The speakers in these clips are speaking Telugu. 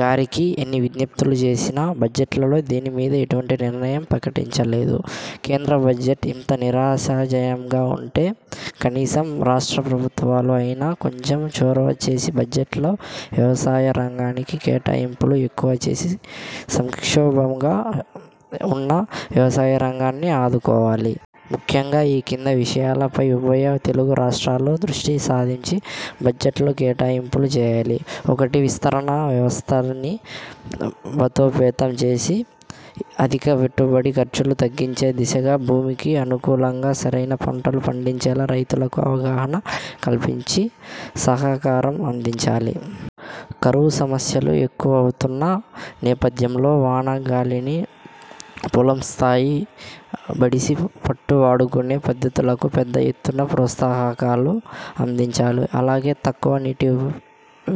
గారికి ఎన్ని విజ్ఞప్తులు చేసినా బడ్జెట్లో దీని మీద ఎటువంటి నిర్ణయం ప్రకటించలేదు. కేంద్ర బడ్జెట్ ఇంత నిరాశాజనకంగా వుంటే కనీసం రాష్ట్ర ప్రభుత్వాలు అయినా కొంచెం చొరవ చేసి బడ్జెట్లో వ్యవసాయ రంగానికి కేటాయింపులు ఎక్కువ చేసి సంక్షోభంలో వున్న వ్యవసాయ రంగాన్ని ఆదుకోవాలి. ముఖ్యంగా ఈ కింది విషయాల పై ఉభయ తెలుగు రాష్ట్రాలు దృష్టి సారించి బడ్జెట్లో కేటాయింపులు చేయాలి. ఒకటి విస్తరణ వ్యవస్థని బలోపేతం చేసి, అధిక పెట్టుబడి ఖర్చులు తగ్గించే దిశగా, భూమికి అనుకూలంగా సరైన పంటలు పండించేలా రైతులకు అవగాహన కల్పించి, సహకారం అందించాలి. కరువు సమస్యలు ఎక్కువవుతున్న నేపథ్యంలో వాన నీటిని పొలం స్థాయి ఒడిసి పట్టి వాడుకునే పద్ధతులకు పెద్ద ఎత్తున ప్రోత్సాహకాలు అందించాలి అలాగే తక్కువ నీటి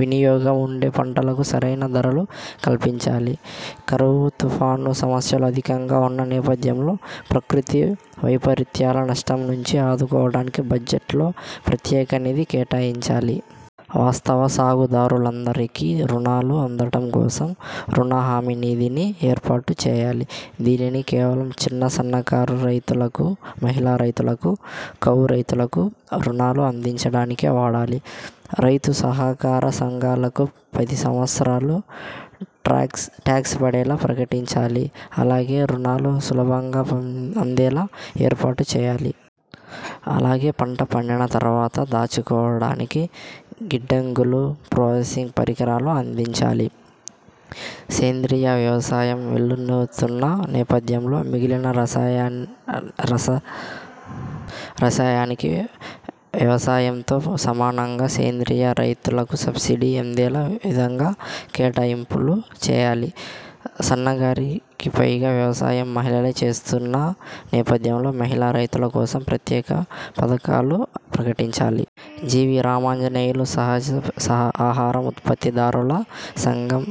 వినియోగం వుండే పంటలకు సరైన ధరలు కల్పించాలి. కరువు, తుఫాను సమస్యలు అధికంగా వున్న నేపథ్యంలో ప్రకృతి వైపరీత్యాల నష్టం నుంచి ఆదుకోవటానికి బడ్జెట్ లో ప్రత్యేక నిధి కేటాయించాలి. వాస్తవ సాగుదారులందరికీ రుణాలు అందటం కోసం 'రుణ హామీ నిధి'ని ఏర్పాటు చేయాలి. దీనిని కేవలం చిన్న సన్నకారు రైతులకు, మహిళా రైతులకు, కౌలు రైతులకు రుణాలు అందించడానికే వాడాలి. రైతు సహకార సంఘాలకు పది సంవత్సరాలు టాక్స్ హాలిడే ప్రకటించాలి, ఆలాగే రుణాలు సులభంగా అందేలా ఏర్పాటు చేయాలి. అలాగే పంట పండిన తర్వాత దాచుకోవటానికి గిడ్డంగులు, ప్రాసెసింగ్ పరికరాలు అందించాలి. సేంద్రియ వ్యవసాయం వేళ్ళూనుతున్న నేపథ్యంలో మిగిలిన రసాయనిక వ్యవసాయంతో సమానంగా సేంద్రియ రైతులకు సబ్సిడీలు అందే విధంగా కేటాయింపులు చేయాలి. సగానికి పైగా వ్యవసాయం మహిళలే చేస్తున్న నేపథ్యంలో మహిళా రైతుల కోసం ప్రత్యేక పధకాలు ప్రకటించాలి. జి. వి. రామాంజనేయులు సహజ ఆహారం ఉత్పత్తి దారుల సంఘం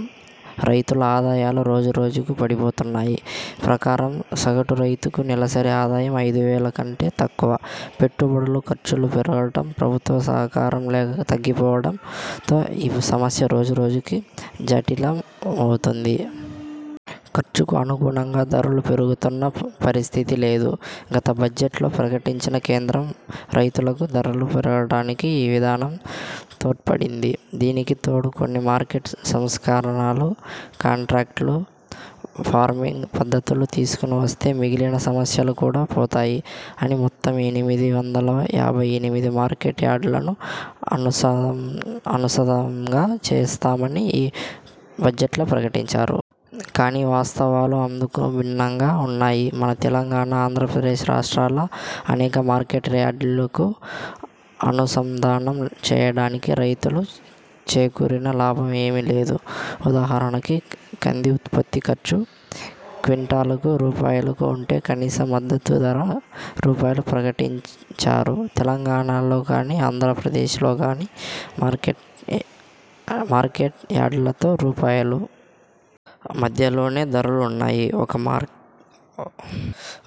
రైతుల ఆదాయాలు రోజు రోజుకు పడిపోతున్నాయి. ప్రకారం సగటు రైతు నెలసరి ఆదాయం ఐదు వేల కంటే తక్కువ. పెట్టుబడి ఖర్చులు పెరగటం, ప్రభుత్వ సహకారం తగ్గిపోవటం తో ఈ సమస్య రోజు రోజుకు జటిల మవుతోంది. ఖర్చుకు అనుగుణంగా ధరలు పెరుగుతున్న పరిస్థితి లేదు. గత బడ్జెట్ లో ప్రకటించిన కేంద్రం రైతులకు ధరలు పెరగటానికి ఈ విధానం తోడ్పడింది, దీనికి తోడు కొన్ని మార్కెట్ సంస్కరణలు, కాంట్రాక్టు ఫార్మింగ్ పద్ధతులు తీసుకు వస్తే మిగిలిన సమస్యలు కూడా పోతాయి అని, మొత్తం ఎనిమిది వందల యాభై ఎనిమిది మార్కెట్ యార్డులను అనుసంధానం చేస్తామని ఈ బడ్జెట్లో ప్రకటించారు. కానీ వాస్తవాలు అందుకు భిన్నంగా వున్నాయి. మన తెలంగాణ, ఆంధ్రప్రదేశ్రాష్ట్రాల్లో అనేక మార్కెట్ యార్డులు కు అనుసంధానం చేయబడినా రైతులకు చేకూరిన లాభం ఏమీ లేదు. ఉదాహరణకి కంది ఉత్పత్తి ఖర్చు క్వింటాలుకి రూపాయలు వుంటే కనీస మద్దతు ధర రూ. ప్రకటించారు. తెలంగాణలో కానీ, ఆంధ్ర ప్రదేశ్లో కానీ అనేక మార్కెట్ యార్డులలో రూపాయలు. మధ్యలోనే ధరలు వున్నాయి.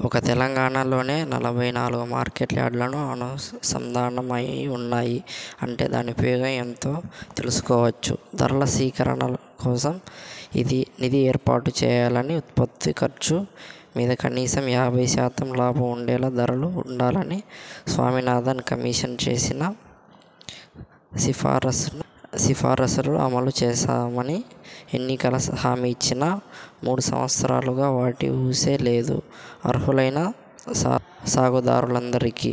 ఒక్క తెలంగాణ లోనే నలభై నాలుగు మార్కెట్ యార్డులకు అనుసంధానం అయి వున్నాయి అంటే దాని ఉపయోగం ఎంతో తెలుసుకోవచ్చు. ధరల స్థిరీకరణ కోసం నిధి ఏర్పాటు చేయాలనీ, ఉత్పత్తి ఖర్చు మీద కనీసం యాభై శాతం లాభం ఉండేలా ధరలు వుండాలని స్వామినాథన్ కమిషన్ చేసిన సిఫారసులు అమలు చేస్తామని ఎన్నికల హామీ ఇచ్చినా, మూడు సంవత్సరాలుగా వాటి ఊసే లేదు. అర్హులైన సాగుదారులందరికీ